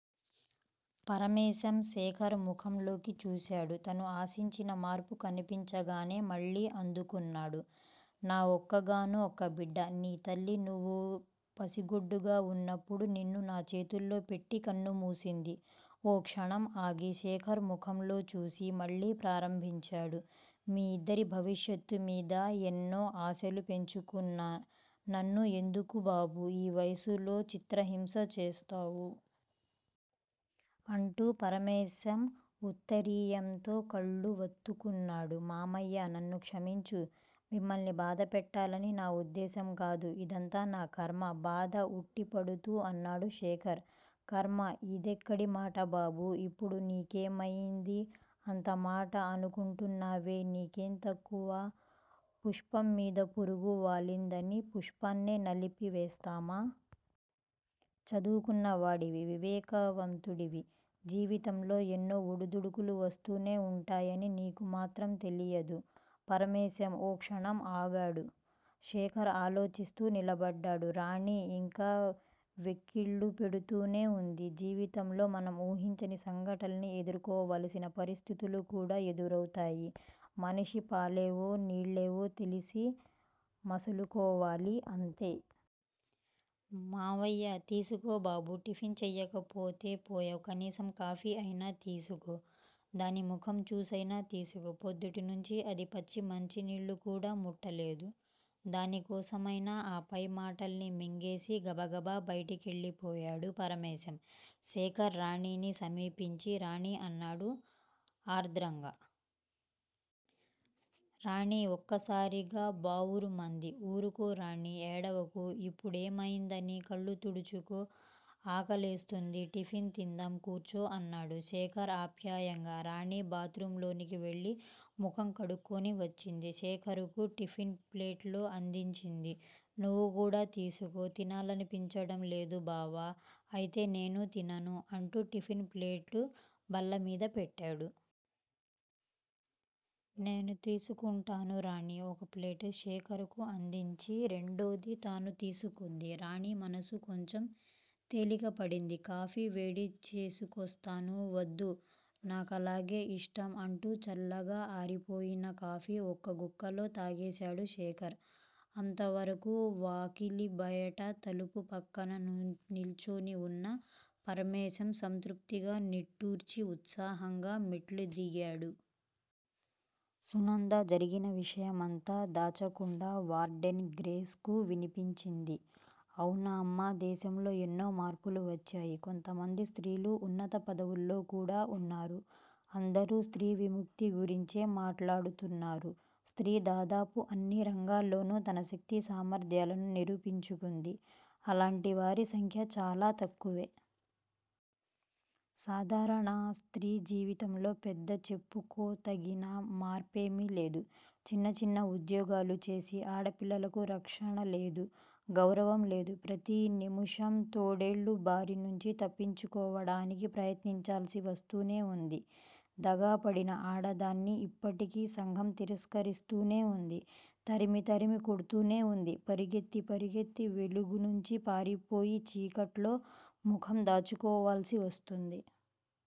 పరమేశం శేఖర్ ముఖంలోకి చూశాడు. తను ఆశించిన మార్పు కన్పించగానే మళ్ళీ అందుకున్నాడు. నా ఒక్కగాను ఒక్క బిడ్డ. నీ తల్లి నువ్వు పసిగుడ్డుగా వున్నప్పుడు నిన్ను నా చేతుల్లోపెట్టి కన్నుమూసింది ఓ క్షణం ఆగి శేఖర్ ముఖంలో చూసి మళ్ళీ ప్రారంభించాడు. మీ ఇద్దరి భవిష్యత్తుమీద ఎన్నో ఆశలు పెంచుకున్న నన్ను ఎందుకు బాబూ, ఈ వయసులో చిత్రహింస చేస్తావూ? అంటూ పరమేశం ఉత్తరీయంతో కళ్ళు వత్తుకున్నాడు. మామయ్యా! నన్ను క్షమించు. మిమ్మల్ని బాధపెట్టాలని నా ఉద్దేశంకాదు. ఇదంతా నా కర్మ! బాధ ఉట్టిపడుతూ అన్నాడు శేఖర్. కర్మ! ఇదెక్కడి మాట బాబూ! ఇప్పుడు నీకేమయిందని అంత మాట అనుకుంటావే? నీకేం తక్కువ? పుష్పంమీద పురుగు వాలిందని పుష్పాన్నే నలిపి వేస్తామా? చదువుకున్నవాడివి. వివేకవంతుడివి. జీవితంలో ఎన్నో ఒడిదుడుకులు వస్తూనే వుంటాయని నీకు మాత్రం తెలియదూ? పరమేశం ఓ క్షణం ఆగాడు. శేఖర్ ఆలోచిస్తూ నిలబడ్డాడు. రాణి ఇంకా వెక్కిళ్ళు పెడుతూనే వుంది. జీవితంలో మనం ఊహించని సంఘటల్ని ఎదుర్కోవాల్సిన పరిస్థితులుకూడా ఎదురౌతాయ్. మనిషి, పాలేవో నీళ్ళేవో తెలిసి మసలుకోవాలి అంతే! మావయ్యా! తీసుకో బాబూ! టిఫిన్ చెయ్యకపోతే పోయావ్. కనీసం కాఫీ అయినా తీసుకో. దాని ముఖం చూసైనా తీసుకో. పొద్దుటినుంచి అది వచ్చి మంచినీళ్ళు కూడా ముట్టలేదు. దాని కోసమైనా ఆపై మాటల్ని మింగేసి గబగబా బయటి కెళ్ళిపోయాడు పరమేశం. శేఖర్ రాణిని సమీపించి రాణీ అన్నాడు ఆర్ద్రంగా. రాణి ఒక్కసారిగా బావురుమంది. ఊరుకో రాణీ! ఏడవకు! ఇప్పుడేమయిందనీ? కళ్ళు తుడుచుకో. ఆకలేస్తూంది. టిఫిన్ తిందాం కూర్చో! అన్నాడు శేఖర్ ఆప్యాయంగా. రాణి బాత్ రూంలోకి వెళ్ళి ముఖం కడుక్కుని వచ్చింది. శేఖర్ కు టిఫిన్ ప్లేటు అందించింది. నువ్వుకూడా తీసుకో! తినాలనిపించడంలేదు బావా! అయితే నేనూ తినను అంటూ టిఫిన్ ప్లేటు బల్లమీద పెట్టాడు. నేనూ తీసుకుంటాను రాణి ఒక ప్లేటు శేఖర్ కు అందించి రెండోది తను తీసుకుంది. రాణి మనసు కొంచెం తేలిక పడింది. కాఫీ వేడి చేసుకొస్తాను. వద్దు. నా కలాగే ఇష్టం! అంటూ చల్లగా ఆరిపోయిన కాఫీ ఒక్క గుక్కలో తాగేశాడు శేఖర్. అంతవరకూ వాకిలి బయట తలుపు పక్కగా నిల్చుని వున్న పరమేశం సంతృప్తిగా నిట్టూర్చి, ఉత్సాహంగా మెట్లుదిగాడు. సునంద జరిగిన విషయమంతా దాచకుండా వార్డెన్ గ్రేస్ కు వినిపించింది. అవునమ్మా! దేశంలో ఎన్నో మార్పులు వచ్చాయి. కొంతమంది స్త్రీలు ఉన్నత పదవుల్లో కూడా వున్నారు. అందరూ స్త్రీ విముక్తి గురించే మాట్లాడుతున్నారు. స్త్రీ దాదాపు అన్ని రంగాల్లోనూ తన శక్తి సామర్ధ్యాలను నిరూపించుకుంది. అలాంటి వారి సంఖ్య చాలా తక్కువే. సాధారణ స్త్రీ జీవితంలో పెద్ద చెప్పుకోతగిన మార్పేమీలేదు. చిన్న చిన్న ఉద్యోగాలు చేసే ఆడపిల్లలకు రక్షణలేదు. గౌరవంలేదు. ప్రతి నిముషం తోడేళ్ళ బారినుంచి తప్పించుకోవడానికి ప్రయత్నించాల్సి వస్తూనే వుంది. దగాపడిన ఆడదాన్ని ఇప్పటికీ సంఘం తిరస్కరిస్తూనే వుంది. తరిమి తరిమి కొడ్తూనే వుంది. పరిగెత్తి పరిగెత్తి వెలుగునుంచి పారిపోయి చీకట్లో ముఖం దాచుకోవాల్సి వస్తోంది.